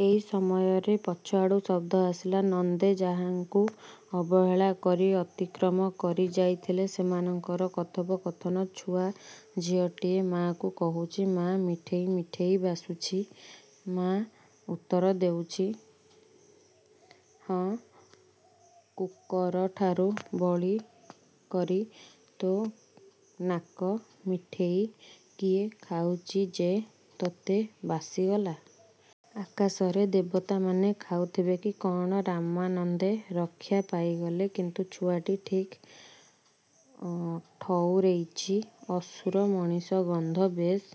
ଏଇ ସମୟରେ ପଛଆଡ଼ୁ ଶବ୍ଦ ଆସିଲା। ନନ୍ଦେ ଯାହାଙ୍କୁ ଅବହେଳା କରି ଅତିକ୍ରମ କରି ଯାଇଥିଲେ ସେମାନଙ୍କର କଥୋପକଥନ। ଛୁଆ ଝିଅଟିଏ ମା'କୁ କହୁଚି–'ମା' ମିଠେଇ ମିଠେଇ ବାସୁଚି। ' ମା' ଉତ୍ତର ଦେଉଚି–'ହଁ, କୁକରଠାରୁ ବଳି କରି ତୋ ନାକ। ମିଠେଇ କିଏ ଖାଉଚି ଯେ ତୋତେ ବାସିଗଲା। ଆକାଶରେ ଦେବତାମାନେ ଖାଉଥିବେ କି କ'ଣ? ' ରାମାନନ୍ଦେ। ରକ୍ଷା ପାଇଗଲେ। କିନ୍ତୁ ଛୁଆଟି ଠିକ୍ ଠଉରେଇଚି। ଅସୁର ମଣିଷ ଗନ୍ଧ ବେଶ୍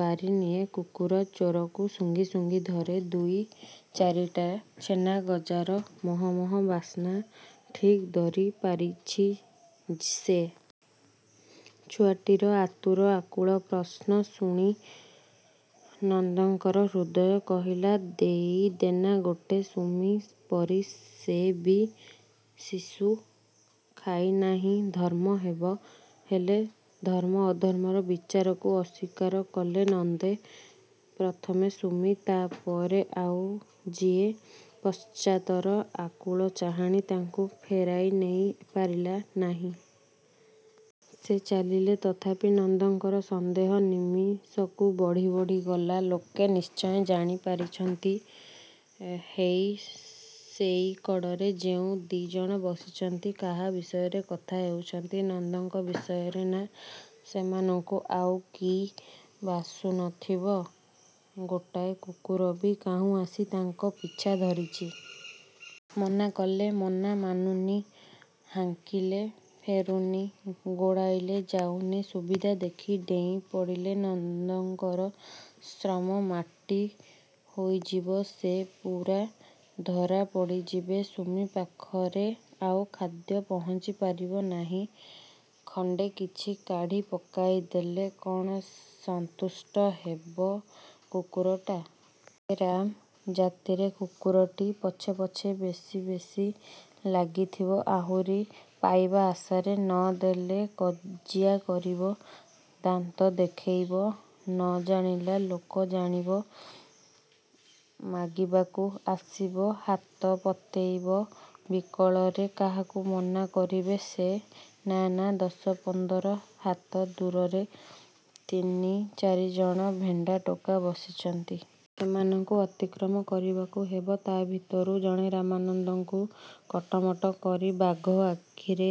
ବାରି ନିଏ। କୁକୁର ଚୋରକୁ ଶୁଙ୍ଘି ଶୁଙ୍ଘି ଧରେ। ଦୁଇ ଚାରିଟା ଛେନାଗଜାର ମହ ମହ ବାସ୍ନା ଠିକ୍ ଧରି ପାରିଛି ସେ। ଛୁଆଟିର ଆତୁର ଆକୁଳ ପ୍ରଶ୍ନ ଶୁଣି ନନ୍ଦଙ୍କର ହୃଦୟ କହିଲା–ଦେଇ ଦେନା ଗୋଟାଏ। ସୁମି ପରି ସେ ବି ଶିଶୁ। ଖାଇ ନାହିଁ ଧର୍ମ ହେବ। ହେଲେ, ଧର୍ମ ଅଧର୍ମର ବିଚାରକୁ ଅସ୍ୱୀକାର କଲେ ନନ୍ଦେ। ପ୍ରଥମେ ସୁମି, ତା'ପରେ ଆଉ ଯିଏ। ପଶ୍ଚାତର ଆକୁଳ ଚାହାଣି ତାଙ୍କୁ ଫେରାଇ ନେଇ ପାରିଲା ନାଇଁ। ସେ ଚାଲିଲେ। ତଥାପି, ନନ୍ଦଙ୍କର ସନ୍ଦେହ ନିମିଷକୁ ବଢ଼ି ବଢ଼ି ଗଲା। ଲୋକେ ନିଶ୍ଚୟ ଜାଣି ପାରିଛନ୍ତି-। ହେଇ, ସେଇକଡ଼ରେ ଯେଉଁ ଦି'ଜଣ ବସିଛନ୍ତି–କାହା ବିଷୟରେ କଥା ହେଉଛନ୍ତି; ନନ୍ଦଙ୍କ ବିଷୟରେ ନା? ସେମାନଙ୍କୁ ଆଉ କି ବାସୁ ନ ଥିବ? ଗୋଟାଏ କୁକୁର ବି କାହୁଁ ଆସି ତାଙ୍କ ପିଛା ଧରିଛି। ମନା କଲେ ମନା ମାନୁନି, ହାଙ୍କିଲେ ଫେରୁନି, ଗୋଡ଼େଇଲେ ଯାଉନି। ସୁବିଧା ଦେଖି ଡେଇଁ ପଡ଼ିଲେ ନନ୍ଦଙ୍କର ଶ୍ରମ ମାଟି ହୋଇଯିବ। ସେ ପୂରା ଧରା ପଡ଼ିଯିବେ। ସୁମି ପାଖରେ ଆଉ ଖାଦ୍ୟ ପହଞ୍ଚିପାରିବ ନାହିଁ। ଖଣ୍ଡେ କିଛି କାଢ଼ି ପକାଇଦେଲେ କ'ଣ ସନ୍ତୁଷ୍ଟ ହେବ କୁକୁରଟା-? ଏ ରାମ୍, ଜାତିରେ କୁକରଟି। ପଛେ ପଛେ ବେଶି ବେଶି ଲାଗିଥିବ ଆହୁରି ପାଇବା ଆଶାରେ। ନ ଦେଲେ କଜିଆ କରିବ, ଦାନ୍ତ ଦେଖେଇବ। ନ ଜାଣିଲା ଲୋକ ଜାଣିବ। ମାଗିବାକୁ ଆସିବ ହାତ ପତେଇବ ବିକଳରେ କାହାକୁ ମନା କରିବେ ସେ? ନାଃ ନାଃ ଦଶ ପନ୍ଦର ହାତ ଦୂରରେ ତିନି ଚାରିଜଣ ଭେଣ୍ଡା ଟୋକା ବସିଛନ୍ତି। ସେମାନଙ୍କୁ ଅତିକ୍ରମ କରିବାକୁ ହେବ। ତା ଭିତରୁ ଜଣେ ରାମନନ୍ଦଙ୍କୁ କଟମଟ କରି ବାଘ ଆକିରେ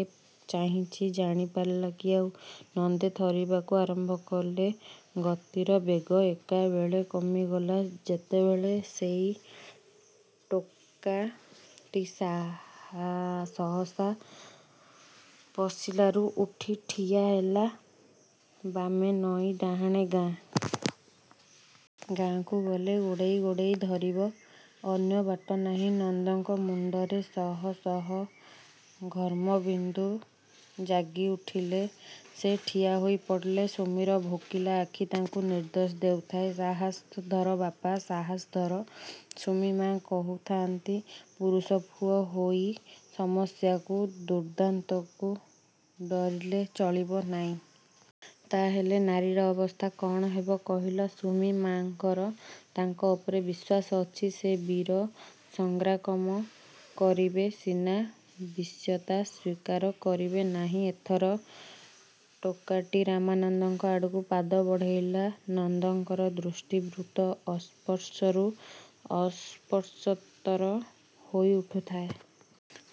ଚାହିଁଚି। ଜାଣିପାରିଲା କି ଆଉ? ନନ୍ଦେ ଥରିବାକୁ ଆରମ୍ଭ କଲେ। ଗତିର ବେଗ ଏକାବେଳେକେ କମିଗଲା ଯେତେବେଳେ ସେଇ ଟୋକାଟି ସହସା ବସିଲାରୁ ଉଠି ଠିଆ ହେଲା। ବାମେ ନଈ, ଡାହାଣେ ଗାଁ। ଗାଁକୁ ଗଲେ ଗୋଡ଼େଇ ଗୋଡ଼େଇ ଧରିବ। ଅନ୍ୟ ବାଟ ନାହିଁ। ନନ୍ଦଙ୍କ ମୁଣ୍ଡରେ ଶହ ଶହ ଘର୍ମ ବିନ୍ଦୁ ଜାଗି ଉଠିଲେ। ସେ ଠିଆ ହୋଇ ପଡ଼ିଲେ। ସୁମିର ଭୋକିଲା ଆଖି ତାଙ୍କୁ ନିର୍ଦ୍ଦେଶ ଦେଉଥାଏ–ସାହସ ଧର ବାପା, ସାହସ ଧର। ସୁମି ମା କହୁଥାନ୍ତି–ପୁରୁଷପୁଅ ହୋଇ ସମସ୍ୟାକୁ, ଦୁର୍ଦ୍ଦାନ୍ତକୁ ଡରିଲେ ଚଳିବ ନାଇଁ। ତା ହେଲେ ନାରୀର ଅବସ୍ଥା କଣ ହେବ କହିଲ। ସୁମି-ମାଙ୍କର ତାଙ୍କ ଉପରେ ବିଶ୍ୱାସ ଅଛି। ସେ ବୀର, ସଂଗ୍ରାକମ କରିବେ ସିନା ବଶ୍ୟତା ସ୍ୱୀକାର କରିବେ ନାଇଁ। ଏଥର ଟୋକାଟି ରାମନନ୍ଦଙ୍କ ଆଡ଼କୁ ପାଦ ବଢ଼େଇଲା। ନନ୍ଦଙ୍କର ଦୃଷ୍ଟି ବୃତ୍ତ ଅସ୍ପଷ୍ଟରୁ ଅସସ୍ପଷ୍ଟତର ହୋଇ ଉଠୁଥାଏ।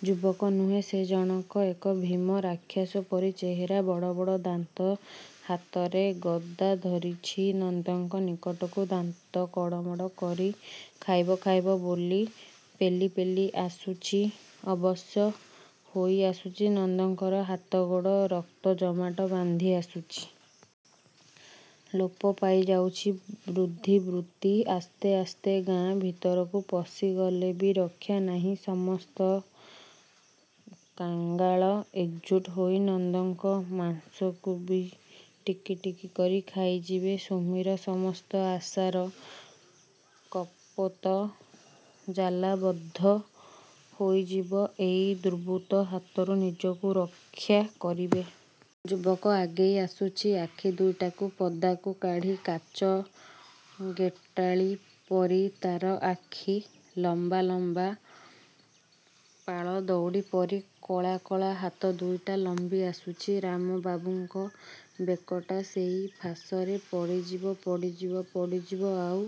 ଯୁବକ ନୁହେଁ, ସେ ଜଣକ ଏକ ଭୀମ। ରାକ୍ଷସ ପରି ଚେହେରା। ବଡ଼ ବଡ଼ ଦାନ୍ତ। ହାତରେ ଗଦା ଧରିଛି। ନନ୍ଦଙ୍କ ନିକଟକୁ ଦାନ୍ତ କଡ଼ମଡ଼ କରି ଖାଇବ ଖାଇବ ବୋଲି ପେଲି ପେଲି ଆସୁଚି। ଅବଶ ହୋଇ ଆସୁଚି ନନ୍ଦଙ୍କର ହାତ ଗୋଡ଼। ରକ୍ତ ଜମାଟ ବାନ୍ଧି ଆସୁଚି। ଲୋପ ପାଇ ଯାଉଚି ବୁଦ୍ଧିବୃତ୍ତି ଆସ୍ତେ ଆସ୍ତେ। ଗାଁ ଭିତରକୁ ପଶିଗଲେ ବି ରକ୍ଷା ନାହିଁ। ସମସ୍ତ କାଙ୍ଗାଳ ଏକଜୁଟ ହୋଇ ନନ୍ଦଙ୍କ ମାଂସକୁ ବି ଟିକି ଟିକି କରି ଖାଇଯିବେ। ସୁମିର ସମସ୍ତ ଆଶାର କପୋତ ଜାଲାବଦ୍ଧ ହୋଇଯିବ। ଏଇ ଦୁର୍ବୃତ୍ତ ହାତରୁ ନିଜକୁ ରକ୍ଷା କରିବେ। ଯୁବକ ଆଗେଇ ଆସୁଚି। ଆଖି ଦୁଇଟାକୁ ପଦାକୁ କାଢ଼ି, କାଚ ଗୋଟାଳି ପରି ତାର ଆଖି। ଲମ୍ବା ଲମ୍ବା ପାଳ ଦଉଡ଼ି ପରି କଳା କଳା ହାତ ଦୁଇଟା ଲମ୍ବି ଆସୁଚି। ରାମବାବୁଙ୍କ ବେକଟା ସେଇ ଫାଶରେ ପଡ଼ିଯିବ–ପଡ଼ିଯିବ–ପଡ଼ିଯିବ–ଆଉ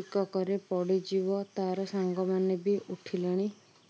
ଟିକକରେ ପଡ଼ିଯିବ। ତାର ସାଙ୍ଗମାନେ ବି ଉଠିଲେଣି।